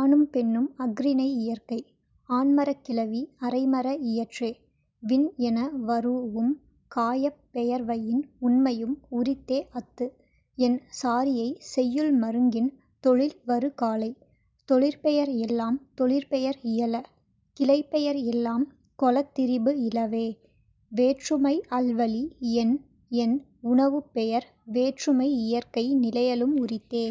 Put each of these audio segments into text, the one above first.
ஆணும் பெண்ணும் அஃறிணை இயற்கை. ஆண்மரக் கிளவி அரைமர இயற்றே. விண் என வரூஉம் காயப் பெயர்வயின் உண்மையும் உரித்தே அத்து என் சாரியை செய்யுள் மருங்கின் தொழில் வரு காலை. தொழிற்பெயர் எல்லாம் தொழிற்பெயர் இயல. கிளைப்பெயர் எல்லாம் கொளத் திரிபு இலவே. வேற்றுமை அல்வழி எண் என் உணவுப் பெயர் வேற்றுமை இயற்கை நிலையலும் உரித்தே.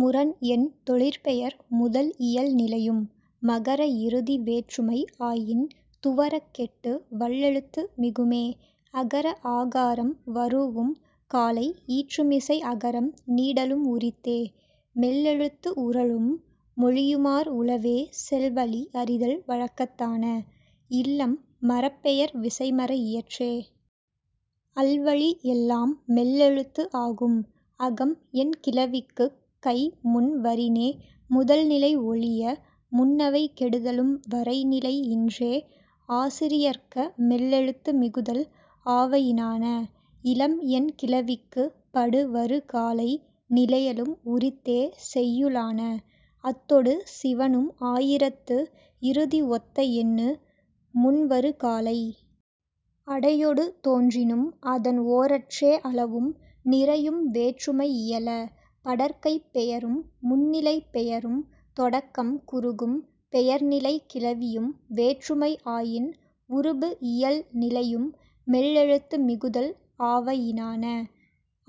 முரண் என் தொழிற்பெயர் முதல் இயல் நிலையும். மகர இறுதி வேற்றுமை ஆயின் துவரக் கெட்டு வல்லெழுத்து மிகுமே. அகர ஆகாரம் வரூஉம் காலை ஈற்றுமிசை அகரம் நீடலும் உரித்தே. மெல்லெழுத்து உறழும் மொழியுமார் உளவே செல் வழி அறிதல் வழக்கத்தான. இல்லம் மரப்பெயர் விசைமர இயற்றே. அல்வழி எல்லாம் மெல்லெழுத்து ஆகும். அகம் என் கிளவிக்குக் கை முன் வரினே முதல்நிலை ஒழிய முன்னவை கெடுதலும் வரை நிலை இன்றே ஆசிரியர்க்க மெல்லெழுத்து மிகுதல் ஆவயினான. இலம் என் கிளவிக்குப் படு வரு காலை நிலையலும் உரித்தே செய்யுளான. அத்தொடு சிவணும் ஆயிரத்து இறுதி ஒத்த எண்ணு முன் வரு காலை. அடையொடு தோன்றினும் அதன் ஓரற்றே அளவும் நிறையும் வேற்றுமை இயல. படர்க்கைப் பெயரும் முன்னிலைப் பெயரும் தொடக்கம் குறுகும் பெயர்நிலைக் கிளவியும் வேற்றுமை ஆயின் உருபு இயல் நிலையும் மெல்லெழுத்து மிகுதல் ஆவயினான.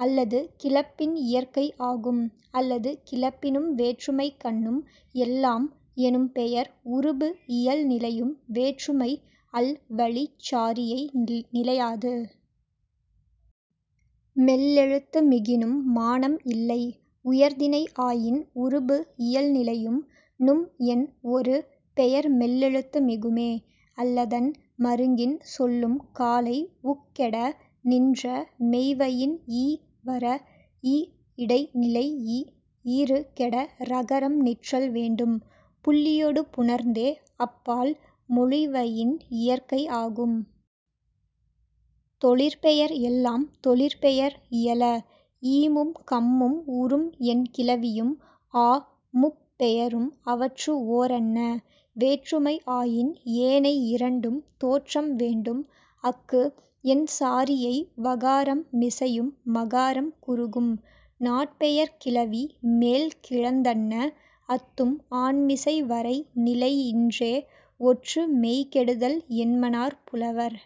அல்லது கிளப்பின் இயற்கை ஆகும். அல்லது கிளப்பினும் வேற்றுமைக்கண்ணும் எல்லாம் எனும் பெயர் உருபு இயல் நிலையும் வேற்றுமை அல் வழிச் சாரியை நிலையாது. மெல்லெழுத்து மிகினும் மானம் இல்லை. உயர்திணை ஆயின் உருபு இயல் நிலையும். நும் என் ஒரு பெயர் மெல்லெழுத்து மிகுமே. அல்லதன் மருங்கின் சொல்லும் காலை உக் கெட நின்ற மெய்வயின் ஈ வர இ இடை நிலைஇ ஈறு கெட ரகரம் நிற்றல் வேண்டும் புள்ளியொடு புணர்ந்தே அப் பால் மொழிவயின் இயற்கை ஆகும். தொழிற்பெயர் எல்லாம் தொழிற்பெயர் இயல. ஈமும் கம்மும் உரும் என் கிளவியும் ஆ முப் பெயரும் அவற்று ஓரன்ன. வேற்றுமை ஆயின் ஏனை இரண்டும் தோற்றம் வேண்டும் அக்கு என் சாரியை வகாரம் மிசையும் மகாரம் குறுகும். நாட்பெயர்க் கிளவி மேல் கிளந்தன்ன அத்தும் ஆன்மிசை வரை நிலை இன்றே ஒற்று மெய் கெடுதல் என்மனார் புலவர்.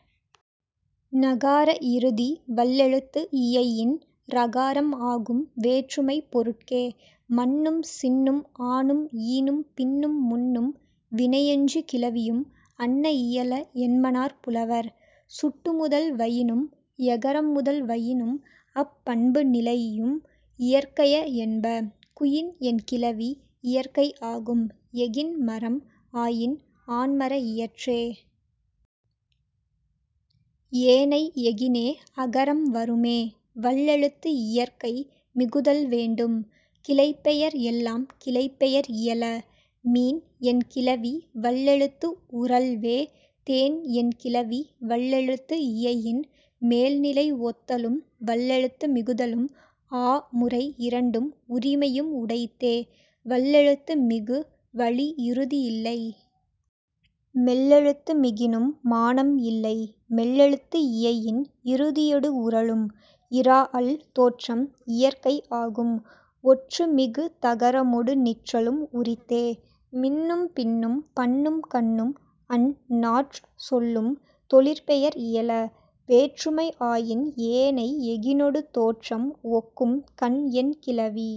னகார இறுதி வல்லெழுத்து இயையின் றகாரம் ஆகும் வேற்றுமைப் பொருட்கே. மன்னும் சின்னும் ஆனும் ஈனும் பின்னும் முன்னும் வினையெஞ்சு கிளவியும் அன்ன இயல என்மனார் புலவர். சுட்டு முதல் வயினும் எகரம் முதல் வயினும் அப் பண்பு நிலையும் இயற்கைய என்ப. குயின் என் கிளவி இயற்கை ஆகும் எகின் மரம் ஆயின் ஆண்மர இயற்றே. ஏனை எகினே அகரம் வருமே வல்லெழுத்து இயற்கை மிகுதல் வேண்டும். கிளைப்பெயர் எல்லாம் கிளைப்பெயர் இயல. மீன் என் கிளவி வல்லெழுத்து உறழ்வே தேன் என் கிளவி வல்லெழுத்து இயையின் மேல் நிலை ஒத்தலும் வல்லெழுத்து மிகுதலும் ஆ முறை இரண்டும் உரிமையும் உடைத்தே வல்லெழுத்து மிகு வழி இறுதி இல்லை. மெல்லெழுத்து மிகினும் மானம் இல்லை. மெல்லெழுத்து இயையின் இறுதியொடு உறழும். இறாஅல் தோற்றம் இயற்கை ஆகும். ஒற்று மிகு தகரமொடு நிற்றலும் உரித்தே. மின்னும் பின்னும் பன்னும் கன்னும் அந் நாற் சொல்லும் தொழிற்பெயர் இயல. வேற்றுமை ஆயின் ஏனை எகினொடு தோற்றம் ஒக்கும் கன் என் கிளவி.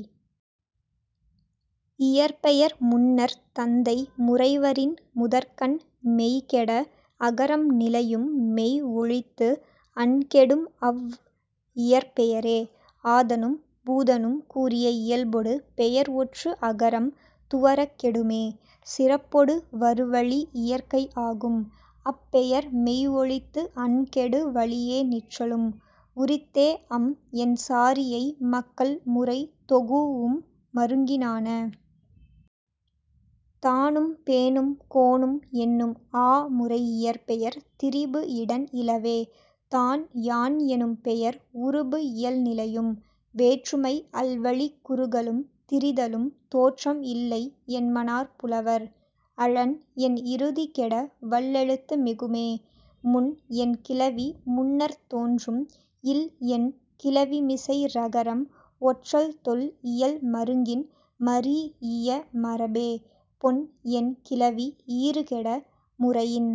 இயற்பெயர் முன்னர்த் தந்தை முறை வரின் முதற்கண் மெய் கெட அகரம் நிலையும் மெய் ஒழித்து அன் கெடும் அவ் இயற்பெயரே. ஆதனும் பூதனும் கூறிய இயல்பொடு பெயர் ஒற்று அகரம் துவரக் கெடுமே. சிறப்பொடு வரு வழி இயற்கை ஆகும். அப் பெயர் மெய் ஒழித்து அன் கெடு வழியே நிற்றலும் உரித்தே அம் என் சாரியை மக்கள் முறை தொகூஉம் மருங்கினான. தானும் பேனும் கோனும் என்னும் ஆ முறை இயற்பெயர் திரிபு இடன் இலவே. தான் யான் எனும் பெயர் உருபு இயல் நிலையும். வேற்றுமை அல் வழிக் குறுகலும் திரிதலும் தோற்றம் இல்லை என்மனார் புலவர். அழன் என் இறுதி கெட வல்லெழுத்து மிகுமே. முன் என் கிளவி முன்னர்த் தோன்றும் இல் என் கிளவிமிசை றகரம் ஒற்றல் தொல் இயல் மருங்கின் மரீஇய மரபே. பொன் என் கிளவி ஈறு கெட முறையின்